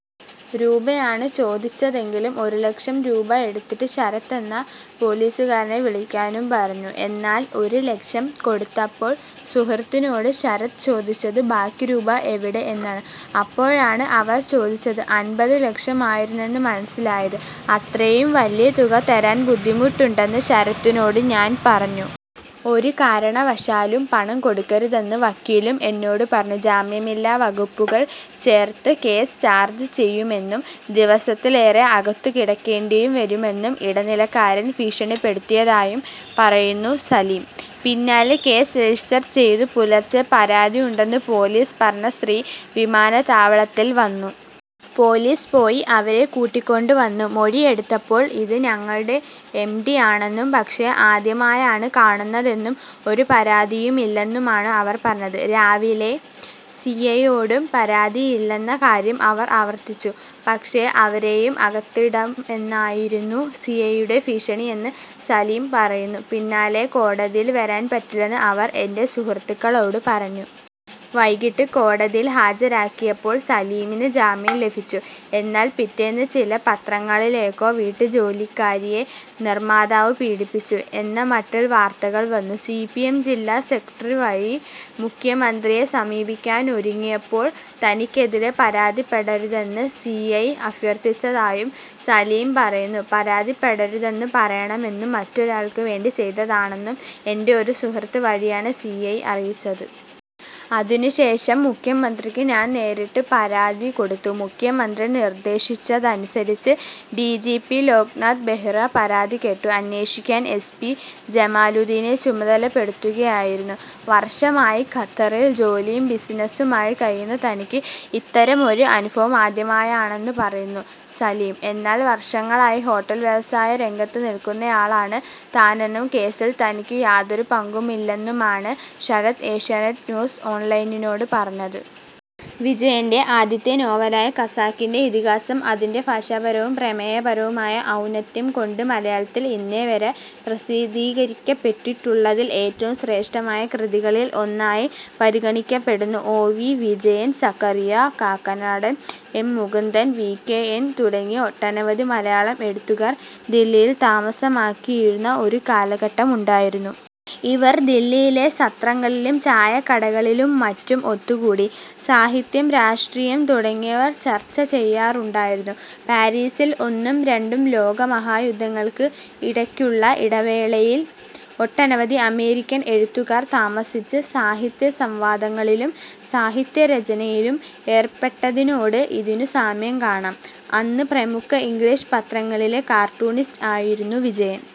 രൂപയാണ് ചോദിച്ചതെങ്കിലും ഒരു ലക്ഷം രൂപ എടുത്തിട്ട് ശരത്ത് എന്ന പൊലീസുകാരനെ വിളിക്കാനും പറഞ്ഞു. എന്നാൽ ഒരു ലക്ഷം കൊടുത്തപ്പോൾ സുഹൃത്തിനോട് ശരത്ത് ചോദിച്ചത് ബാക്കി രൂപ എവിടെ എന്നാണ്. അപ്പോഴാണ് അവർ ചോദിച്ചത് അൻപത് ലക്ഷമായിരുന്നെന്ന് മനസിലായത്. അത്രയും വലിയ തുക തരാൻ ബുദ്ധിമുട്ടുണ്ടെന്ന് ശരത്തിനോട് ഞാൻ പറഞ്ഞു. ഒരു കാരണവശാലും പണം കൊടുക്കരുതെന്ന് വക്കീലും എന്നോട് പറഞ്ഞു. " ജാമ്യമില്ലാ വകുപ്പുകൾ ചേർത്ത് കേസ് ചാർജ്ജ് ചെയ്യുമെന്നും ദിവസത്തിലേറെ അകത്തുകിടക്കേണ്ടിയും വരുമെന്നും ഇടനിലക്കാരൻ ഭീഷണിപ്പെടുത്തിയതായും പറയുന്നു സലിം. " പിന്നാലെ കേസ് രജിസ്റ്റർ ചെയ്തു. പുലർച്ചെ പരാതിയുണ്ടെന്ന് പൊലീസ് പറഞ്ഞ സ്ത്രീ വിമാനത്താവളത്തിൽ വന്നു. പൊലീസ് പോയി അവരെ കൂട്ടിക്കൊണ്ടുവന്നു. മൊഴിയെടുത്തപ്പോൾ ഇത് ഞങ്ങളുടെ എംഡിയാണെന്നും പക്ഷേ ആദ്യമായാണ് കാണുന്നതെന്നും ഒരു പരാതിയും ഇല്ലെന്നുമാണ് അവർ പറഞ്ഞത്. രാവിലെ സിഐയോടും പരാതിയില്ലെന്ന കാര്യം അവർ ആവർത്തിച്ചു. " പക്ഷേ അവരെയും അകത്തിടുമെന്നായിരുന്നു സിഐയുടെ ഭീഷണിയെന്ന് സലിം പറയുന്നു. " പിന്നാലെ കോടതിയിൽ വരാൻപറ്റില്ലെന്ന് അവർ എൻറെ സുഹൃത്തുക്കളോട് പറഞ്ഞു. " വൈകിട്ട് കോടതിയിൽ ഹാജരാക്കിയപ്പോൾ സലിമിന് ജാമ്യം ലഭിച്ചു. എന്നാൽ പിറ്റേന്ന് ചില പത്രങ്ങളിലൊക്കെ ' വീട്ടുജോലിക്കാരിയെ നിർമ്മാതാവ് പീഡിപ്പിച്ചു ' എന്നമട്ടിൽ വാർത്തകൾ വന്നു. സിപിഎം ജില്ലാ സെക്രട്ടറി വഴി മുഖ്യമന്ത്രിയെ സമീപിക്കാനൊരുങ്ങിയപ്പോൾ തനിക്കെതിരേ പരാതിപ്പെടരുതെന്ന് സിഐ അഭ്യർഥിച്ചതായും സലിം പറയുന്നു. " പരാതിപ്പെടരുതെന്ന് പറയണമെന്നും മറ്റൊരാൾക്കുവേണ്ടി ചെയ്തതാണെന്നും എൻറെ ഒരു സുഹൃത്ത് വഴിയാണ് സിഐ അറിയിച്ചത്. അതിനുശേഷം മുഖ്യമന്ത്രിക്ക് ഞാൻ നേരിട്ട് പരാതി കൊടുത്തു. മുഖ്യമന്ത്രി നിർദേശിച്ചതനുസരിച്ച് ഡിജിപി ലോക്നാഥ് ബെഹ്റ പരാതി കേട്ടു. അന്വേഷിക്കാൻ എസ് പി ജമാലുദ്ദീനെ ചുമതലപ്പെടുത്തുകയായിരുന്നു. " വർഷമായി ഖത്തറിൽ ജോലിയും ബിസിനസുമായി കഴിയുന്ന തനിക്ക് ഇത്തരമൊരു അനുഭവം ആദ്യമായാണെന്ന് പറയുന്നു സലിം. എന്നാൽ വർഷങ്ങളായി ഹോട്ടൽ വ്യവസായ രംഗത്ത് നിർക്കുന്നയാളാണ് താനെന്നും കേസിൽ തനിക്ക് യാതൊരു പങ്കുമില്ലെന്നുമാണ് ശരത്ത് ഏഷ്യാനെറ്റ് ന്യൂസ് ഓൺലൈനിനോട് പറഞ്ഞത്. വിജയന്റെ ആദ്യത്തെ നോവലായ ഖസാക്കിന്റെ ഇതിഹാസം അതിന്റെ ഭാഷാപരവും പ്രമേയപരവുമായ ഔന്നത്യം കൊണ്ട് മലയാളത്തിൽ ഇന്നേവരെ പ്രസിദ്ധീകരിക്കപ്പെട്ടിട്ടുള്ളതിൽ ഏറ്റവും ശ്രേഷ്ഠമായ കൃതികളിൽ ഒന്നായി പരിഗണിക്കപ്പെടുന്നു. O. V. Vijayan, Zacharia, Kakkanadan, M. Mukundan, V. K. N, തുടങ്ങിയ ഒട്ടനവധി മലയാളം എഴുത്തുകാർ ദില്ലിയിൽ താമസമാക്കിയിരുന്ന ഒരു കാലഘട്ടം ഉണ്ടായിരുന്നു. ഇവർ ദില്ലിയിലെ സത്രങ്ങളിലും ചായക്കടകളിലും മറ്റും ഒത്തുകൂടി സാഹിത്യം, രാഷ്ട്രീയം തുടങ്ങിയവ ചർച്ചചെയ്യാറുണ്ടായിരുന്നു. പാരീസിൽ ഒന്നും രണ്ടും ലോകമഹായുദ്ധങ്ങൾക്ക് ഇടക്കുള്ള ഇടവേളയിൽ ഒട്ടനവധി അമേരിക്കൻ എഴുത്തുകാർ താമസിച്ച് സാഹിത്യസംവാദങ്ങളിലും സാഹിത്യരചനയിലും ഏർപ്പെട്ടതിനോട് ഇതിനു സാമ്യം കാണാം.. അന്ന് പ്രമുഖ ഇംഗ്ലീഷ് പത്രങ്ങളിലെ കാർട്ടൂണിസ്റ്റ് ആയിരുന്നു വിജയൻ.